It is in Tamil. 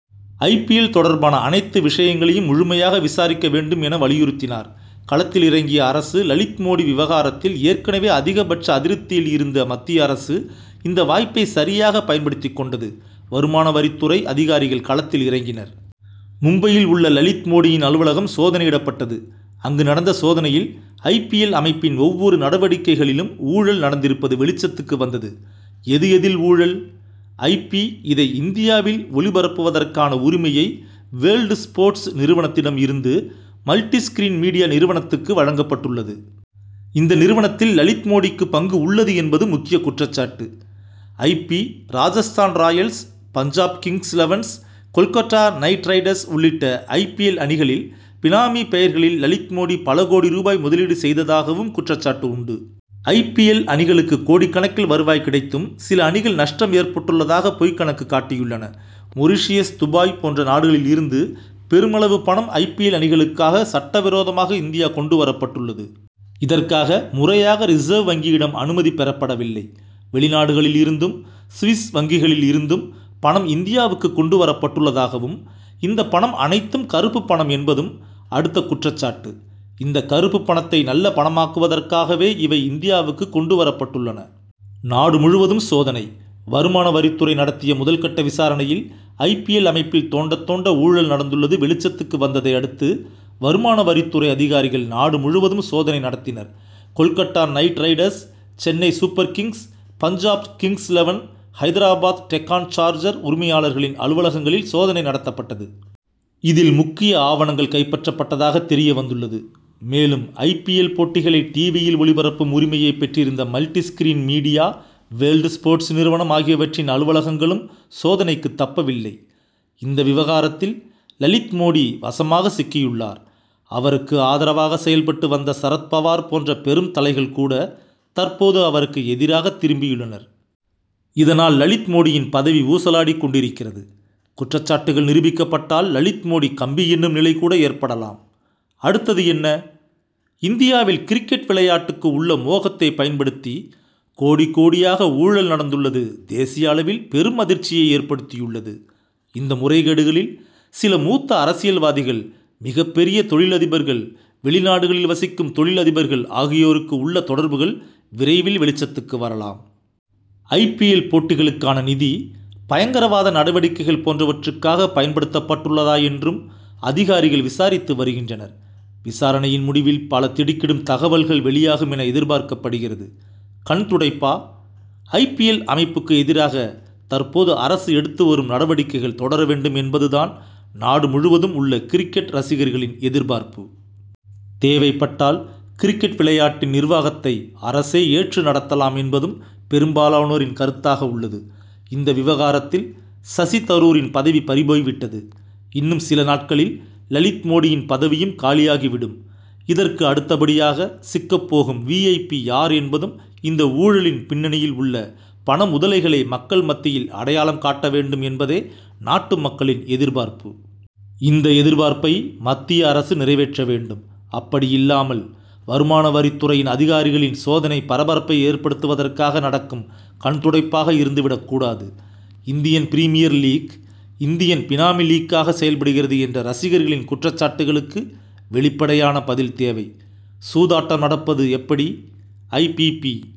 ஐ. பி. எல். தொடர்பான அனைத்து விஷயங்களையும் முழுமையாக விசாரிக்க வேண்டும் என வலியுறுத்தினார். களத்தில் இறங்கிய அரசு லலித் மோடி விவகாரத்தில் ஏற்கனவே அதிக பட்ச அதிருப்தியில் இருந்த மத்திய அரசு இந்த வாய்ப்பை சரியாக பயன் படுத்திக் கொண்டது. வருமானவரித் துறை அதிகாரிகள் களத்தில் இறங்கினர். மும்பையில் உள்ள லலித் மோடியின் அலுவலகம் சோதனையிடப்பட்டது. அங்கு நடந்த சோதனையில் ஐ. பி. எல். அமைப்பின் ஒவ்வொரு நடவடிக்கைகளிலும் ஊழல் நடந்திருப்பது வெளிச்சத்துக்கு வந்தது. எது எதில் ஊழல்? ஐ. பி. இதை இந்தியாவில் ஒளிபரப்புவதற்கான உரிமையை வேர்ல்டு ஸ்போர்ட்ஸ் நிறுவனத்திடம் இருந்து மல்டி ஸ்கிரீன் மீடியா நிறுவனத்துக்கு வழங்கப்பட்டுள்ளது. இந்த நிறுவனத்தில் லலித் மோடிக்கு பங்கு உள்ளது என்பது முக்கிய குற்றச் சாட்டு. I. P. Rajasthan Royals Punjab Kings Elevens Kolkata Knight Riders உள்ளிட்ட ஐ. பி. எல் அணிகளில் பினாமி பெயர்களில் லலித் மோடி பல கோடி ரூபாய் முதலீடு செய்ததாகவும் குற்றச்சாட்டு உண்டு. ஐ. பி. எல். அணிகளுக்கு கோடிக் கணக்கில் வருவாய் கிடைத்தும் சில அணிகள் நஷ்டம் ஏற்பட்டுள்ளதாக பொய் கணக்கு காட்டியுள்ளன. மொரிஷியஸ் துபாய் போன்ற நாடுகளில் இருந்து பெருமளவு பணம் ஐ. பி. எல். அணிகளுக் காக சட்ட விரோதமாக இந்தியா கொண்டு வரப் பட்டுள்ளது. இதற்காக முறையாக ரிசர்வ் வங்கியிடம் அனுமதி பெறப்படவில்லை. வெளிநாடுகளில் இருந்தும் சுவிஸ் வங்கிகளில் இருந்தும் பணம் இந்தியாவுக்கு கொண்டு வரப் பட்டுள்ளதாகவும் இந்த பணம் அனைத்தும் கருப்பு பணம் என்பதும் அடுத்த குற்றச்சாட்டு. இந்த கருப்பு பணத்தை நல்ல பணமாக்குவதற்காகவே இவை இந்தியாவுக்கு கொண்டு வரப்பட்டுள்ளன. நாடு முழுவதும் சோதனை: வருமான வரித்துறை நடத்திய முதல் கட்ட விசாரணையில் ஐ. பி. எல். அமைப்பில் தோண்ட தோண்ட ஊழல் நடந்துள்ளது வெளிச்சத்துக்கு வந்ததை அடுத்து வருமானவரித் துறை அதிகாரிகள் நாடு முழுவதும் சோதனை நடத்தினர். Kolkata Knight Riders Chennai Super Kings, Punjab Kings Eleven Hyderabad Deccan Charger உரிமையாளர்களின் அலுவலகங்களில் சோதனை நடத்தப்பட்டது. இதில் முக்கிய ஆவணங்கள் கைப்பற்றப்பட்டதாக தெரியவந்துள்ளது. மேலும் ஐ. பி. எல். போட்டிகளை டிவி யில் ஒளிபரப்பும் உரிமையை பெற்றிருந்த multi screen media world sports நிறுவனம் ஆகியற்றின் அலுவலகங்களும் சோதனைக்கு தப்பவில்லை. இந்த விவகாரத்தில் லலித் மோடி வசமாக சிக்கியுள்ளார். அவருக்கு ஆதரவாக செயல்பட்டு வந்த சரத் பவார் போன்ற பெரும் தலைகள் கூட தற்போது அவருக்கு எதிராக திரும்பியுள்ளனர். இதனால் லலித் மோடியின் பதவி ஊசலாடிக் கொண்டிருக்கிறது. குற்றச்சாட்டுகள் நிரூபிக்கப்பட்டால் லலித் மோடி கம்பி எண்ணும் நிலை கூட ஏற்படலாம். அடுத்தது என்ன? இந்தியாவில் கிரிக்கெட் விளையாட்டுக்கு உள்ள மோகத்தை பயன்படுத்தி கோடி, கோடியாக ஊழல் நடந்துள்ளது தேசிய அளவில் பெரும் அதிர்ச்சியை ஏற்படுத்தியுள்ளது. இந்த முறைகேடுகளில் சில மூத்த அரசியல்வாதிகள் மிகப் பெரிய தொழில் அதிபர்கள் வெளிநாடுகளில் வசிக்கும் தொழில் அதிபர்கள் ஆகியோருக்கு உள்ள தொடர்புகள் விரைவில் வெளிச்சத்துக்கு வரலாம். ஐ. பி. எல். போட்டிகளுக்கான நிதி பயங்கரவாத நடவடிக்கைகள் போன்றவற்றுக்காக பயன்படுத்தப் பட்டுள்ளதா என்றும் அதிகாரிகள் விசாரித்து வருகின்றனர். விசாரணையின் முடிவில் பல திடுக்கிடும் தகவல்கள் வெளியாகும் என எதிர்பார்க்கப்படுகிறது. கண்துடைப்பா? ஐ. பி. எல். அமைப் புக்கு எதிராக தற்போது அரசு எடுத்து வரும் நடவடிக்கைகள் தொடர வேண்டும் என்பது தான் நாடு முழுவதும் உள்ள கிரிக்கெட் ரசிகர்களின் எதிர்பார்ப்பு. தேவைப்பட்டால் கிரிக்கெட் விளையாட்டின் நிர்வாகத்தை அரசே ஏற்று நடத்தலாம் என்பதும் பெரும்பாலானோரின் கருத்தாக உள்ளது. இந்த விவகாரத்தில் சசி தரூரின் பதவி பறிபோய்விட்டது. இன்னும் சில நாட்களில் லலித் மோடியின் பதவியும் காலியாகி விடும். இதற்கு அடுத்தபடியாக சிக்கப் போகும் வி. ஐ. பி. யார் என்பதும் இந்த ஊழலின் பின்னணியில் உள்ள பண முதலைகளை மக்கள் மத்தியில் அடையாளம் காட்ட வேண்டும் என்பதே நாட்டு மக்களின் எதிர்பார்ப்பு. இந்த எதிர்பார்ப்பை மத்திய அரசு நிறைவேற்ற வேண்டும். அப்படியில்லாமல் வருமானவரித் துறை அதிகாரிகளின் சோதனை பரபரப்பை ஏற்படுத்துவதற்காக நடக்கும் கண் துடைப்பாக இருந்து விடக் கூடாது. Indian premier league. இந்தியன் பினாமி லீக்.காக செயல்படுகிறது என்ற ரசிகர்களின் குற்றச்சாட்டுகளுக்கு வெளிப்படையான பதில் தேவை. சூதாட்டம் நடப்பது எப்படி? ஐ. பி. பி.